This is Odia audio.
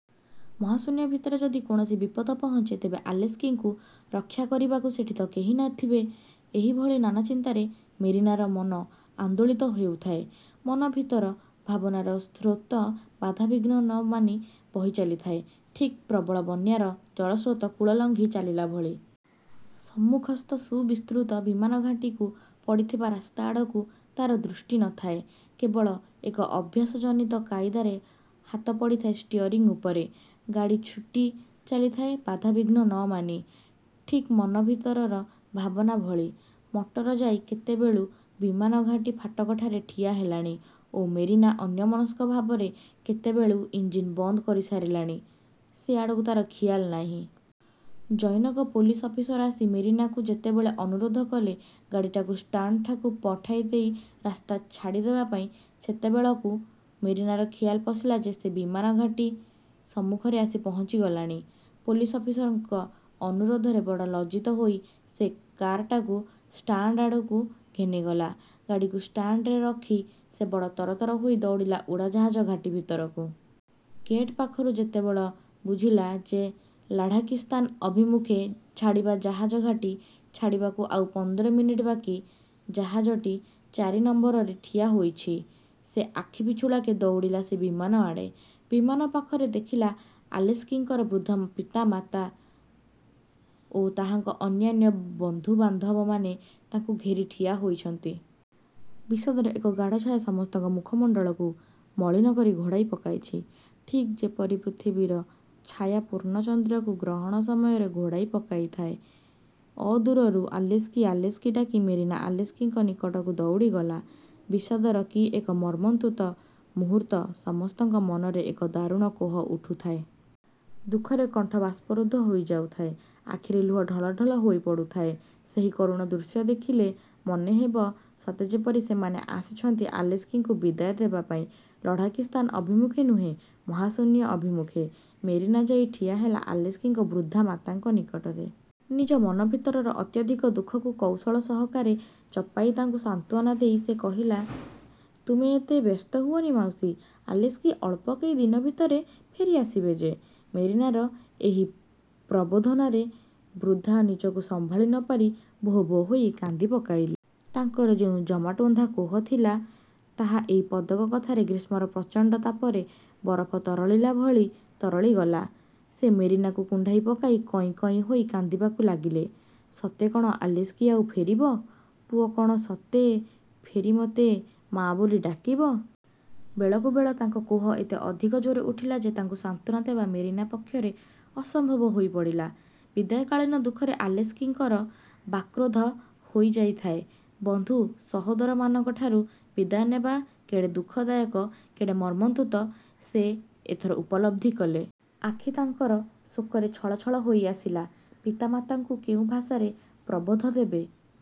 'ମହାଶୂନ୍ୟ ଭିତରେ ଯଦି କୌଣସି ବିପଦ ପହଞ୍ଚେ, ତେବେ ଆଲେସ୍କିଙ୍କୁ ରକ୍ଷା କରିବାକୁ ସେଠି ତ କେହି ନଥିବେ'-ଏହିଭଳି ନାନାଚିନ୍ତାରେ ମେରିନାର ମନ ଆନ୍ଦୋଳିତ ହେଉଥାଏ। ମନ ଭିତର ଭାବନାର ସ୍ରୋତ ବାଧାବିଘ୍ନ ନ ମାନି ବହିଚାଲିଥାଏ, ଠିକ୍ ପ୍ରବଳ ବନ୍ୟାର ଜଳସ୍ରୋତ କୂଳ ଲଘିଂ ଚାଲିଲା ଭଳି। ସମ୍ମୁଖସ୍ଥ ସୁବିସ୍ତୃତ ବିମାନଘାଟୀକୁ ପଡ଼ିଥିବା ରାସ୍ତା ଆଡ଼କୁ ତା'ର ଦୃଷ୍ଟି ନଥାଏ। କେବଳ ଏକ ଅଭ୍ୟାସଜନିତ କାଇଦାରେ ହାତ ପଡ଼ିଥାଏ ଷ୍ଟିଅରିଂ ଉପରେ। ଗାଡ଼ି ଛୁଟି ଚାଲିଥାଏ ବାଧାବିଘ୍ନ ନମାନି ଠିକ୍ ମନ ଭିତରର ଭାବନା ଭଳି। ମଟର ଯାଇ କେତେବେଳୁ ବିମାନଘାଟୀ ଫାଟକଠାରେ ଠିଆହେଲାଣି ଓ ମେରିନା ଅନ୍ୟମନସ୍କ ଭାବରେ କେତେବେଳୁ ଇଞ୍ଜିନ୍ ବନ୍ଦ କରିସାରିଲେଣି, ସେଆଡ଼କୁ ତାର ଖିଆଲ ନାହିଁ। ଜନୈକ ପୋଲିସ ଅଫିସର ଆସି ମେରିନାକୁ ଯେତେବେଳେ ଅନୁରୋଧ କଲେ ଗାଡ଼ିଟାକୁ ଷ୍ଟାଣ୍ଡଠାକୁ ପଠାଇଦେଇ ରାସ୍ତା ଛାଡ଼ିଦେବାପାଇଁ, ସେତେବଳକୁ ମେରିନାର ଖିଆଲ-ପଶିଲା ଯେ, ସେ ବିମାନଘାଟୀ ସମ୍ମୁଖରେ ଆସି ପହଞ୍ଚିଗଲାଣି। ପୋଲିସ ଅଫିସରଙ୍କ ଅନୁରୋଧରେ ବଡ଼ ଲଜ୍ଜିତ ହୋଇ ସେ କାର୍ଟାକୁ ଷ୍ଟାଣ୍ଡଆଡ଼କୁ ଘେନିଗଲା। ଗାଡ଼ିକୁ ଷ୍ଟାଣ୍ଡରେ ରଖି ସେ ବଡ଼ ତରତର ହୋଇ ଦୌଡ଼ିଲା ଉଡ଼ାଜାହାଜଘାଟୀ ଭିତରକୁ। ଗେଟ୍ ପାଖରୁ ଯେତେବେଳ ବୁଝିଲା ଯେ ଲାଢ଼ାକିସ୍ଥାନ ଅଭିମୁଖେ ଛାଡ଼ିବା ଜାହାଜ ଘାଟୀ ଛାଡ଼ିବାକୁ ଆଉ ପନ୍ଦରମିନିଟ୍ ବାକି, ଜାହାଜଟି ଚାରି ନମ୍ୱରରେ ଠିଆହୋଇଛି, ସେ ଆଖିପିଛୁଳାକେ ଦୌଡ଼ିଲା ସେ ବିମାନଆଡ଼େ। ବିମାନ ପାଖରେ ଦେଖିଲା ଆଲେସ୍କିଙ୍କର ବୃଦ୍ଧ ପିତାମାତା ଓ ତାହାଙ୍କ ଅନ୍ୟାନ୍ୟ ବନ୍ଧୁବାନ୍ଧବମାନେ ତାଙ୍କୁ ଘେରି ଠିଆ ହୋଇଛନ୍ତି। ବିଷାଦର ଏକ ଗାଢ଼ଛାୟା ସମସ୍ତଙ୍କ ମୁଖମଣ୍ଡଳକୁ ମଳିନ କରି ଘୋଡ଼ାଇ ପକାଇଛି; ଠିକ୍ ଯେପରି ପୃଥିବୀର ଛାୟା ପୂର୍ଣ୍ଣଚନ୍ଦ୍ରକୁ ଗ୍ରହଣ ସମୟରେ ଘୋଡ଼ାଇ ପକାଇଥାଏ, ଅଦୂରରୁ 'ଆଲେସ୍କି' ''ଆଲେସ୍କି'' ଡାକି ମେରିନା ଆଲେସ୍କିଙ୍କ ନିକଟକୁ ଦୌଡ଼ିଗଲା। ବିଷାଦର କି ଏକ ମର୍ମନ୍ତୁଦ ମୁହୂର୍ତ୍ତ! ସମସ୍ତଙ୍କ ମନରେ ଏକ ଦାରୁଣ କୋହ ଉଠୁଥାଏ। ଦୁଃଖରେ କଣ୍ଠ ବାଷ୍ପରୁଦ୍ଧ ହୋଇଯାଉଥାଏ, ଆଖିରେ ଲୁହ ଢଳଢଳ ହୋଇ ପଡ଼ୁଥାଏ। ସେହି କରୁଣ ଦୃଶ୍ୟ ଦେଖିଲେ ମନେ ହେବ, ସତେ ଯେପରି ସେମାନେ ଆସିଛନ୍ତି ଆଲେସ୍କିଙ୍କୁ ବିଦାୟ ଦେବା ପାଇଁ ଲାଢ଼ାକିସ୍ଥାନ ଅଭିମୁଖେ ନୁହେଁ; ମହାଶୂନ୍ୟ ଅଭିମୁଖେ। ମେରିନା ଯାଇ ଠିଆହେଲା ଆଲେସ୍କିଙ୍କ ବୃଦ୍ଧା ମାତାଙ୍କ ନିକଟରେ। ନିଜ ମନ ଭିତରର ଅତ୍ୟଧିକ ଦୁଃଖକୁ କୌଶଳ ସହକାରେ ଚପାଇ ତାଙ୍କୁ ସାନ୍ତ୍ୱନା ଦେଇ ସେ କହିଲା, ''ତୁମେ ଏତେ ବ୍ୟସ୍ତ ହୁଅନି ମାଉସୀ, ଆଲେସ୍କି ଅଳ୍ପ କେଇ ଦିନ ଭିତରେ ଫେରିଆସିବେ ଯେ। '' ମେରିନାର ଏହି ପ୍ରବୋଧନାରେ ବୃଦ୍ଧା ନିଜକୁ ସମ୍ଭାଳି ନ ପାରି ଭୋ ଭୋ ହୋଇ କାନ୍ଦିପକାଇଲେ। ତାଙ୍କର ଯେଉଁ ଜମାଟ୍ବନ୍ଧା କୋହ ଥିଲା, ତାହା ଏଇ ପଦକ କଥାରେ ଗ୍ରୀଷ୍ମର ପ୍ରଚଣ୍ଡ ତାପରେ ବରଫ ତରଳିଲା ଭଳି ତରଳିଗଲା। ସେ ମେରିନାକୁ କୁଣ୍ଢାଇ ପକାଇ କଇଁ କଇଁ ହୋଇ କାନ୍ଦିବାକୁ ଲାଗିଲେ-''ସତେ କ'ଣ ଆଲେସ୍କି ଆଉ ଫେରିବ? ପୁଅ କ'ଣ ସତେ ଫେରି ମୋତେ ମା' ବୋଲି ଡାକିବ? '' ବେଳକୁ ବେଳ ତାଙ୍କ କୋହ ଏତେ ଅଧିକ ଜୋର୍ରେ ଉଠିଲା ଯେ, ତାଙ୍କୁ ସାନ୍ତ୍ୱନା ଦେବା ମେରିନା ପକ୍ଷରେ ଅସମ୍ଭବ ହୋଇପଡ଼ିଲା। ବିଦାୟକାଳୀନ ଦୁଃଖରେ ଆଲେସ୍କିଙ୍କର ବାକ୍ରୋଧ ହୋଇଯାଇଥାଏ। ବନ୍ଧୁ, ସହୋଦରମାନଙ୍କଠାରୁ ବିଦାୟ ନେବା କେଡ଼େ ଦୁଃଖଦାୟକ; କେଡ଼େ ମର୍ମନ୍ତୁଦ ସେ ଏଥର ଉପଲବ୍ଧି କଲେ। ଆଖି ତାଙ୍କର ଶୋକରେ ଛଳଛଳ ହୋଇଆସିଲା। ପିତାମାତାଙ୍କୁ କେଉଁ ଭାଷାରେ ପ୍ରବୋଧ ଦେବେ,